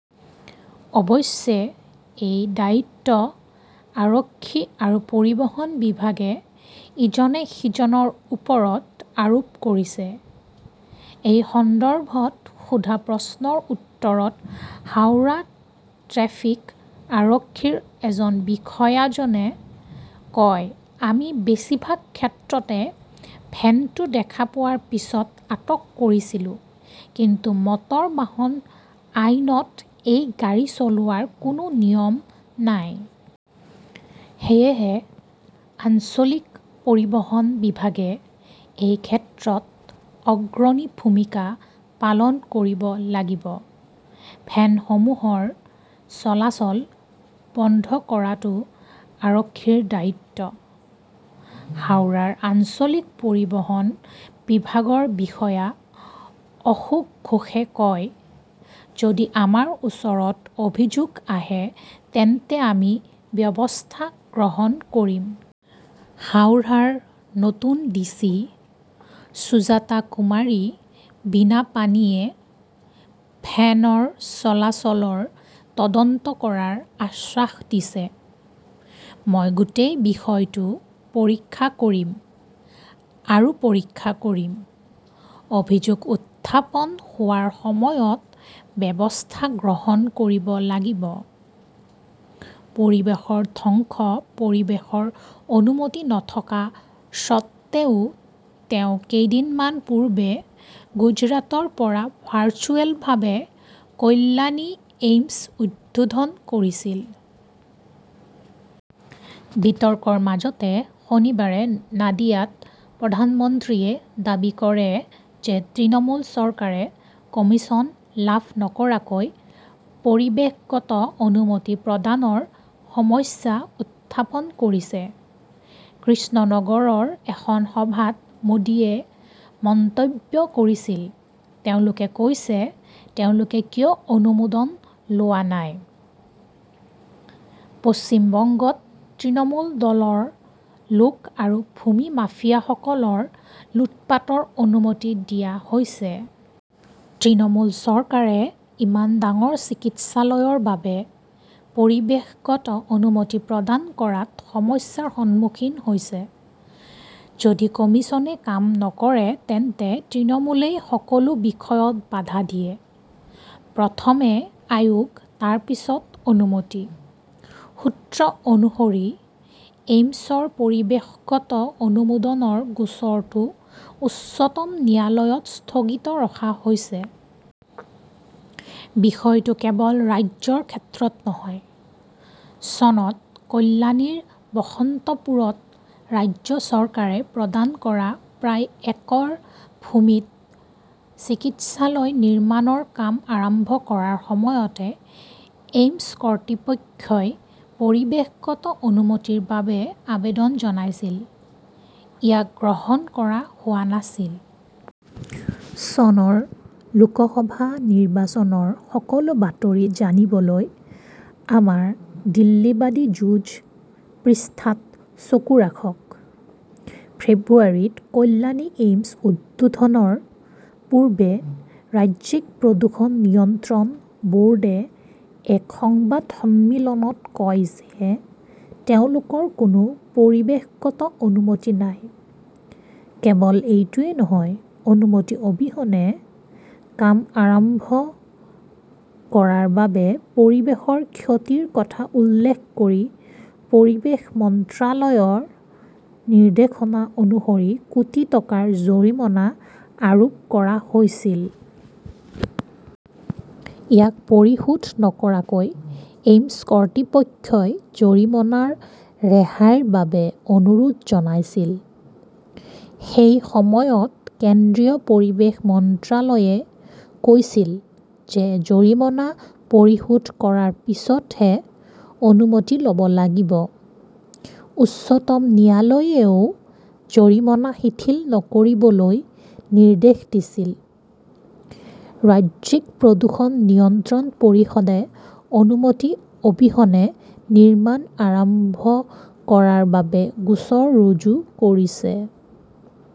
অৱশ্যে, এই দায়িত্ব আৰক্ষী আৰু পৰিবহণ বিভাগে ইজনে সিজনৰ ওপৰত আৰোপ কৰিছে। এই সন্দৰ্ভত সোধা প্ৰশ্নৰ উত্তৰত হাওৰা ট্ৰেফিক আৰক্ষীৰ এজন বিষয়াজনে কয়, "আমি বেছিভাগ ক্ষেত্ৰতে ভেনটো দেখা পোৱাৰ পিছত আটক কৰিছিলো। কিন্তু মটৰ বাহন আইনত এই গাড়ী চলোৱাৰ কোনো নিয়ম নাই। সেয়েহে আঞ্চলিক পৰিবহণ বিভাগে এই ক্ষেত্ৰত অগ্ৰণী ভূমিকা পালন কৰিব লাগিব। "ভেনসমূহৰ চলাচল বন্ধ কৰাটো আৰক্ষীৰ দায়িত্ব", হাওৰাৰ আঞ্চলিক পৰিবহণ বিভাগৰ বিষয়া অশোক ঘোষে কয়। যদি আমাৰ ওচৰত অভিযোগ আহে তেন্তে আমি ব্যৱস্থা গ্ৰহণ কৰিম। "হাওড়াৰ নতুন ডিচি সুজাতা কুমাৰী বীণাপানীয়ে ভেন" ৰ চলাচলৰ তদন্ত কৰাৰ আশ্বাস দিছে। "মই গোটেই বিষয়টো পৰীক্ষা কৰিম আৰু পৰীক্ষা কৰিম। অভিযোগ উত্থাপন হোৱাৰ সময়ত ব্যৱস্থা গ্ৰহণ কৰিব লাগিব। "। পৰিৱেশৰ ধ্বংস পৰিৱেশৰ অনুমতি নথকা স্বত্বেও তেওঁ কেইদিনমান পূৰ্বে গুজৰাটৰ পৰা ভাৰ্চুৱেলভাৱে কল্যাণী এইমছ উদ্বোধন কৰিছিল। বিতৰ্কৰ মাজতে শনিবাৰে নাদিয়াত প্ৰধানমন্ত্ৰীয়ে দাবী কৰে যে তৃণমূল চৰকাৰে 'কমিছন "লাভ নকৰাকৈ পৰিৱেশগত অনুমতি প্ৰদানৰ সমস্যা উত্থাপন কৰিছে। কৃষ্ণনগৰৰ এখন সভাত মোদীয়ে মন্তব্য কৰিছিল, "তেওঁলোকে কৈছে, তেওঁলোকে কিয় অনুমোদন লোৱা নাই? পশ্চিম বংগত তৃণমূল দলৰ লোক আৰু ভূমি মাফিয়াসকলৰ লুটপাটৰ অনুমতি দিয়া হৈছে। তৃণমূল চৰকাৰে ইমান ডাঙৰ চিকিৎসালয়ৰ বাবে পৰিৱেশগত অনুমতি প্ৰদান কৰাত সমস্যাৰ সন্মুখীন হৈছে। যদি কমিছনে কাম নকৰে তেন্তে তৃণমূলই সকলো বিষয়ত বাধা দিয়ে। প্ৰথমে আয়োগ, তাৰ পিছত অনুমতি। "সূত্ৰ অনুসৰি, এইমছৰ পৰিৱেশগত অনুমোদনৰ গোচৰটো উচ্চতম ন্যায়ালয়ত স্থগিত ৰখা হৈছে। বিষয়টো কেৱল ৰাজ্যৰ ক্ষেত্ৰত নহয়। চনত কল্যাণীৰ বসন্তপুৰত ৰাজ্য চৰকাৰে প্ৰদান কৰা প্ৰায় একৰ ভূমিত চিকিৎসালয় নিৰ্মাণৰ কাম আৰম্ভ কৰাৰ সময়তে এইমছ কৰ্তৃপক্ষই পৰিৱেশগত অনুমতিৰ বাবে আবেদন জনাইছিল। ইয়াক গ্ৰহণ কৰা হোৱা নাছিল। চনৰ লোকসভা নিৰ্বাচনৰ সকলো বাতৰি জানিবলৈ আমাৰ 'দিল্লীবাদী যুঁজ "পৃষ্ঠাত চকু ৰাখক। ফেব্ৰুৱাৰীত কল্যাণী এইমছ উদ্বোধনৰ পূৰ্বে ৰাজ্যিক প্ৰদূষণ নিয়ন্ত্ৰণ ব "ৰ্ডে এক সংবাদ সন্মিলনত কয় যে তেওঁলোকৰ কোনো পৰিৱেশগত অনুমতি নাই। কেৱল এইটোৱেই নহয়, অনুমতি অবিহনে কাম আৰম্ভ কৰাৰ বাবে পৰিৱেশৰ ক্ষতিৰ কথা উল্লেখ কৰি পৰিৱেশ মন্ত্ৰালয়ৰ নিৰ্দেশনা অনুসৰি কোটি টকাৰ জৰিমনা আৰোপ কৰা হৈছিল। ইয়াক পৰিশোধ নকৰাকৈ, এইমছ কৰ্তৃপক্ষই জৰিমনাৰ ৰেহাইৰ বাবে অনুৰোধ জনাইছিল। সেই সময়ত কেন্দ্ৰীয় পৰিৱেশ মন্ত্ৰালয়ে কৈছিল যে জৰিমনা পৰিশোধ কৰাৰ পিছতহে অনুমতি ল "ব লাগিব। উচ্চতম ন্যায়ালয়েও জৰিমনা শিথিল নকৰিবলৈ নিৰ্দেশ দিছিল। ৰাজ্যিক প্ৰদূষণ নিয়ন্ত্ৰণ পৰিষদে অনুমতি অবিহনে নিৰ্মাণ আৰম্ভ কৰাৰ বাবে গোচৰ ৰুজু কৰিছে।